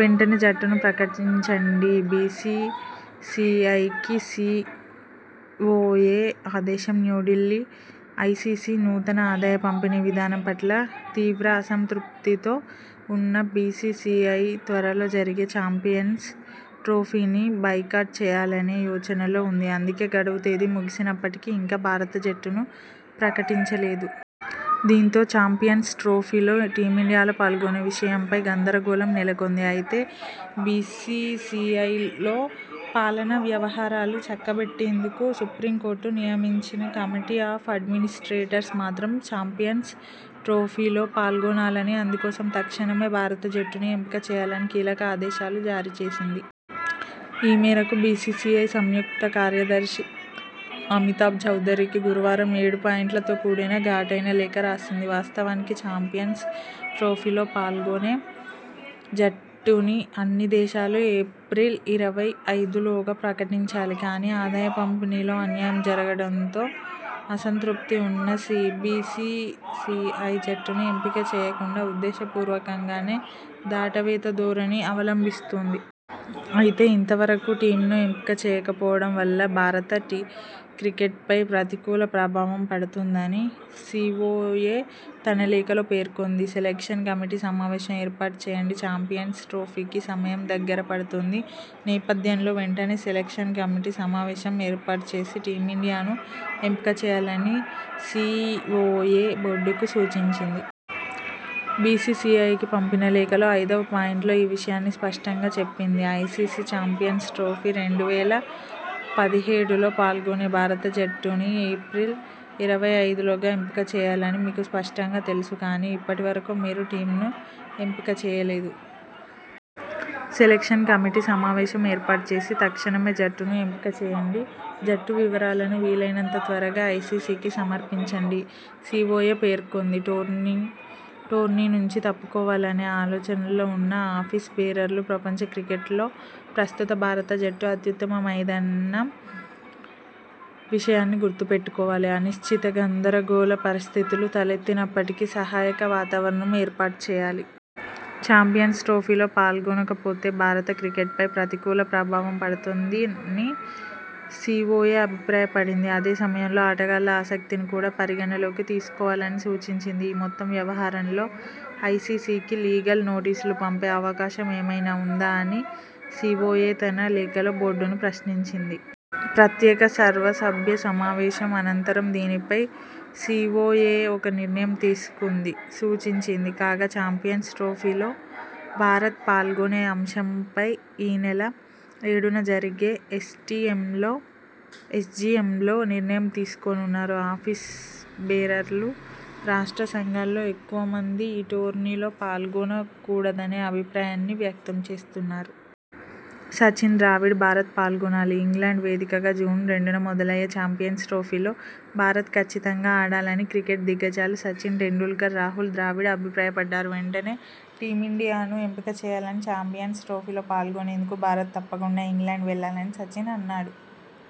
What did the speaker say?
వెంటనే జట్టుని ప్రకటించండి BCCI key COA ఆదేశం న్యూఢిల్లీ ఐసీసీ నూతన ఆదాయ పంపిణీ విధానం పట్ల తీవ్ర అసంతృప్తితో ఉన్న బీసీసీఐ త్వర లో జరిగే చాంపియన్స్ ట్రోఫీని బైయ్కాట్ చేయాలనే యోచనలో ఉంది. అందుకే గడువు తేదీ ముగిసిసినప్పటికీ ఇంకా భారత జట్టును ప్రకటించ లేదు. దీంతో చాంపియన్స్ ట్రోఫీ లో టీమిండియా పాల్గొనే విషయంపై గందర గోళం నెలకొంది. అయితే బీసీసీఐ లో పాలనా వ్యవహారాలు చక్కబెట్టేందుకు సుప్రీం కోర్టు నియమించిన కమిటీ ఆఫ్ ఆడ్మినిస్ర్టేటర్స్ మాత్రం చాంపియన్స్ ట్రోఫీలో పాల్గొనాలని, అందుకోసం తక్షణమే భారత జట్టుని ఎంపిక చేయాలని కీలక ఆదేశాలు జారీచేసింది. ఈ మేరకు బీసీసీఐ సంయుక్త కార్యదర్శి అమితాబ్ చౌదరికి గురువారం ఏడు పాయింట్లతో కూడిన ఘాటైన లేఖ రాసింది. వాస్తవానికి చాంపియన్స్ ట్రోఫీలో పాల్గొనే జట్టుని అన్ని దేశాలూ ఏప్రిల్ ఇరవై ఐదులోగా ప్రకటించాలి. కానీ, ఆదాయ పంపిణీలో అన్యాయం జరగడంతో అసంతృప్తి ఉన్న సీబీసీ సీఐ జట్టుని ఎంపిక చేయకుండా ఉద్దేశ పూర్వకంగానే దాటవేత ధోరణి అవలంబిస్తోంది. అయితే ఇంతవరకూ టీమ్ను ఎంపిక చేయకపోవడం వల్ల భారత టి క్రికెట్పై ప్రతికూల ప్రభావం పడుతుందని సీఓఏ తన లేఖలో పేర్కొంది. సెలెక్షన్ కమిటీ సమావేశం ఏర్పాటు చేయండి చాంపియన్స్ ట్రోఫీకి సమయం దగ్గర పడుతుంది నేపథ్యంలో వెంటనే సెలెక్షన్ కమిటీ సమావేశం ఏర్పాటు చేసి టీమిండియాను ఎంపిక చేయాలని సీఓఏ బోర్డుకు సూచించింది. బీసీసీఐకి పంపిన లేఖలో ఐదవ పాయింట్లో ఈ విషయాన్ని స్పష్టంగా చెప్పింది. ఐసీసీ చాంపియన్స్ ట్రోఫీ రెండు వేల పదిహేడులో పాల్గొనే భారత జట్టుని ఏప్రిల్ ఇరవై ఐదులోగా ఎంపిక చేయాలని మీకు స్పష్టంగా తెలుసు. కానీ ఇప్పటి వరకూ మీరు టీమ్ని ఎంపిక చేయలేదు. సెలెక్షన్ కమిటీ సమావేశం ఏర్పాటు చేసి తక్షణమే జట్టును ఎంపిక చేయండి. జట్టు వివరాలను వీలైనంత త్వరగా ఐసీసీకి సమర్పించండని సీఓఏ పేర్కొంది. టోర్నీ టోర్నీ నుంచి తప్పుకోవాలనే ఆలోచనలో ఉన్న ఆఫీస్ బేరర్లు ప్రపంచ క్రికెట్లో ప్రస్తుత భారత జట్టు అత్యుత్తమైదన్న విషయాన్ని గుర్తుపెట్టుకోవాలి. అనిశ్చిత, గందర గోళ పరిస్థితులు తలెత్తినప్పటికీ సహాయక వాతావరణం ఏర్పాటు చేయాలి. చాంపియన్స్ ట్రోఫీలో పాల్గొనక పోతే భారత క్రికెట్పై ప్రతికూల ప్రభావం పడుతుందని సీఓఏ అభిప్రాయ పడింది. అదే సమయంలో ఆటగాళ్ల ఆసక్తిని కూడా పరిగణనలోకి తీసుకోవాలని సూచించింది. ఈ మొత్తం వ్యవహారంలో ఐసీసీకి లీగల్ నోటీసులు పంపే అవకాశం ఏమైనా ఉందా అని సీఓఏ తన లేఖలో బోర్డుని ప్రశ్నించింది. ప్రత్యేక సర్వసభ్య సమావేశం అనంతరం దీనిపై సీఓఏ ఒక నిర్ణయం తీసుకుంది సూచించింది. కాగా చాంపియన్స్ ట్రోఫీలో భారత్ పాల్గొనే అంశంపై ఈ నెల ఏడున జరిగే ఎస్టీయంలోఎస్జీఎంలో నిర్ణయం తీసుకోనున్నారు. ఆఫీస్ బేరర్లు, రాష్ట్ర సంఘాల్లో ఎక్కువ మంది ఈ టోర్నీలో పాల్గొన కూడదనే అభిప్రాయాన్ని వ్యక్తం చేస్తున్నారు. సచిన్, ద్రావిడ్ భారత్ పాల్గొనాలి! ఇంగ్లండ్ వేదికగా జూన్ రెండున మొదలయ్యే చాంపియన్స్ ట్రోఫీలో భారత్ కచ్చితంగా ఆడాలని క్రికెట్ దిగ్గజాలు సచిన్ టెండూల్కర్, రాహుల్ ద్రావిడ్ అభిప్రాయ పడ్డారు. వెంటనే టీమిండియాను ఎంపిక చేయాలని, చాంపియన్స్ ట్రోఫీలో పాల్గొనేందుకు భారత్ తప్పకుండా ఇంగ్లండ్ వెళ్లాలని సచిన్ అన్నాడు.